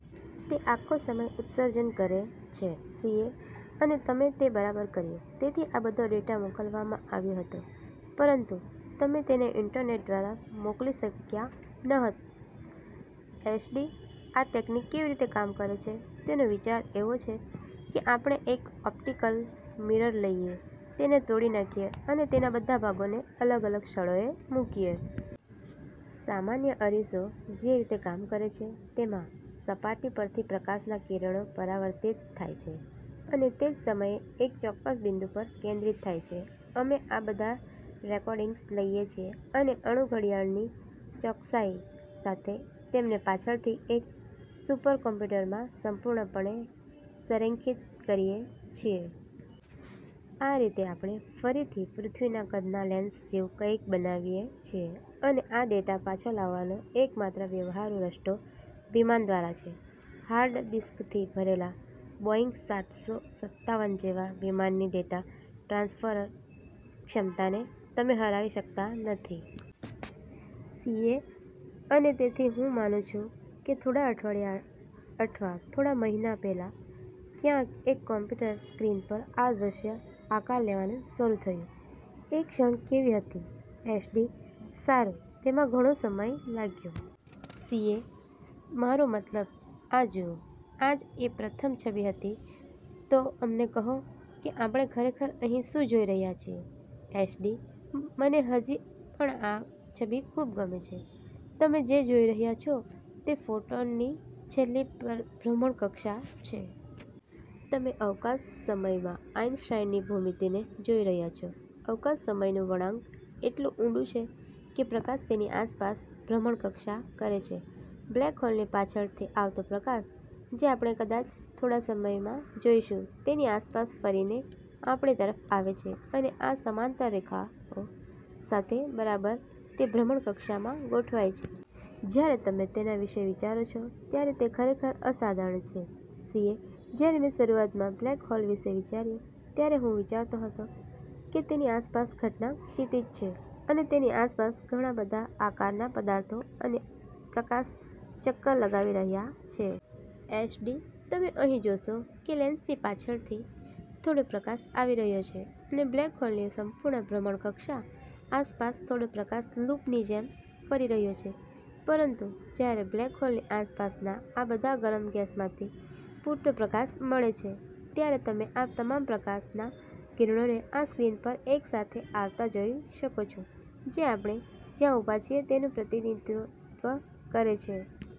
તે આખો સમય ઉત્સર્જન કરે છે. સીએ: અને તમે તે બરાબર કર્યું. તેથી આ બધો ડેટા મોકલવામાં આવ્યો હતો, પરંતુ તમે તેને ઇન્ટરનેટ દ્વારા મોકલી શક્યા ન હોત. એસડી: આ ટેકનિક કેવી રીતે કામ કરે છે તેનો વિચાર એવો છે કે આપણે એક ઓપ્ટિકલ મિરર લઈએ, તેને તોડી નાખીએ અને તેના બધા ભાગોને અલગ-અલગ સ્થળોએ મૂકીએ. સામાન્ય અરીસો જે રીતે કામ કરે છે, તેમાં સપાટી પરથી પ્રકાશના કિરણો પરાવર્તિત થાય છે અને તે જ સમયે એક ચોક્કસ બિંદુ પર કેન્દ્રિત થાય છે. અમે આ બધા રેકોર્ડિંગ્સ લઈએ છીએ અને અણુ ઘડિયાળની ચોકસાઈ સાથે તેમને પાછળથી એક સુપરકમ્પ્યુટરમાં સંપૂર્ણપણે સંરેખિત કરીએ છીએ. આ રીતે આપણે ફરીથી પૃથ્વીના કદના લેન્સ જેવું કંઈક બનાવીએ છીએ. અને આ ડેટા પાછો લાવવાનો એકમાત્ર વ્યવહારુ રસ્તો વિમાન દ્વારા છે. હાર્ડ ડિસ્કથી ભરેલા બોઇંગ સાતસો સત્તાવન જેવા વિમાનની ડેટા ટ્રાન્સફર ક્ષમતાને તમે હરાવી શકતા નથી. સીએ: અને તેથી, હું માનું છું કે થોડા અઠવાડિયા અથવા થોડા મહિના પહેલાં, ક્યાંક એક કમ્પ્યુટર સ્ક્રીન પર આ દૃશ્ય આકાર લેવાનું શરૂ થયું. એ ક્ષણ કેવી હતી? એસડી: સારું, તેમાં ઘણો સમય લાગ્યો. સીએ: મારો મતલબ, આ જુઓ. આ જ એ પ્રથમ છબી હતી. તો અમને કહો કે આપણે ખરેખર અહીં શું જોઈ રહ્યા છીએ. એસડી: મને હજી પણ આ છબી ખૂબ ગમે છે. તમે જે જોઈ રહ્યા છો તે ફોટોનની છેલ્લી ભ્રમણકક્ષા છે. તમે અવકાશ-સમયમાં આઈન્સ્ટાઈનની ભૂમિતિને જોઈ રહ્યા છો. અવકાશ-સમયનું વળાંક એટલું ઊંડું છે કે પ્રકાશ તેની આસપાસ ભ્રમણકક્ષા કરે છે. બ્લેક હોલની પાછળથી આવતો પ્રકાશ, જે આપણે કદાચ થોડા સમયમાં જોઈશું, તેની આસપાસ ફરીને આપણી તરફ આવે છે અને આ સમાંતર રેખાઓ સાથે બરાબર તે ભ્રમણકક્ષામાં ગોઠવાય છે. જ્યારે તમે તેના વિશે વિચારો છો, ત્યારે તે ખરેખર અસાધારણ છે. સીએ: જ્યારે મેં શરૂઆતમાં બ્લેક હોલ વિશે વિચાર્યું, ત્યારે હું વિચારતો હતો કે તેની આસપાસ ઘટના ક્ષિતિજ છે અને તેની આસપાસ ઘણા બધા આકારના પદાર્થો અને પ્રકાશ ચક્કર લગાવી રહ્યા છે. એસડી: તમે અહીં જોશો કે લેન્સની પાછળથી થોડો પ્રકાશ આવી રહ્યો છે અને બ્લેક હોલની સંપૂર્ણ ભ્રમણકક્ષા આસપાસ થોડો પ્રકાશ લૂપની જેમ ફરી રહ્યો છે. પરંતુ જ્યારે બ્લેક હોલની આસપાસના આ બધા ગરમ ગેસમાંથી પૂરતો પ્રકાશ મળે છે, ત્યારે તમે આ તમામ પ્રકાશનાં કિરણોને આ સ્ક્રીન પર એકસાથે આવતા જોઈ શકો છો, જે આપણે જ્યાં ઊભા છીએ તેનું પ્રતિનિધિત્વ કરે છે.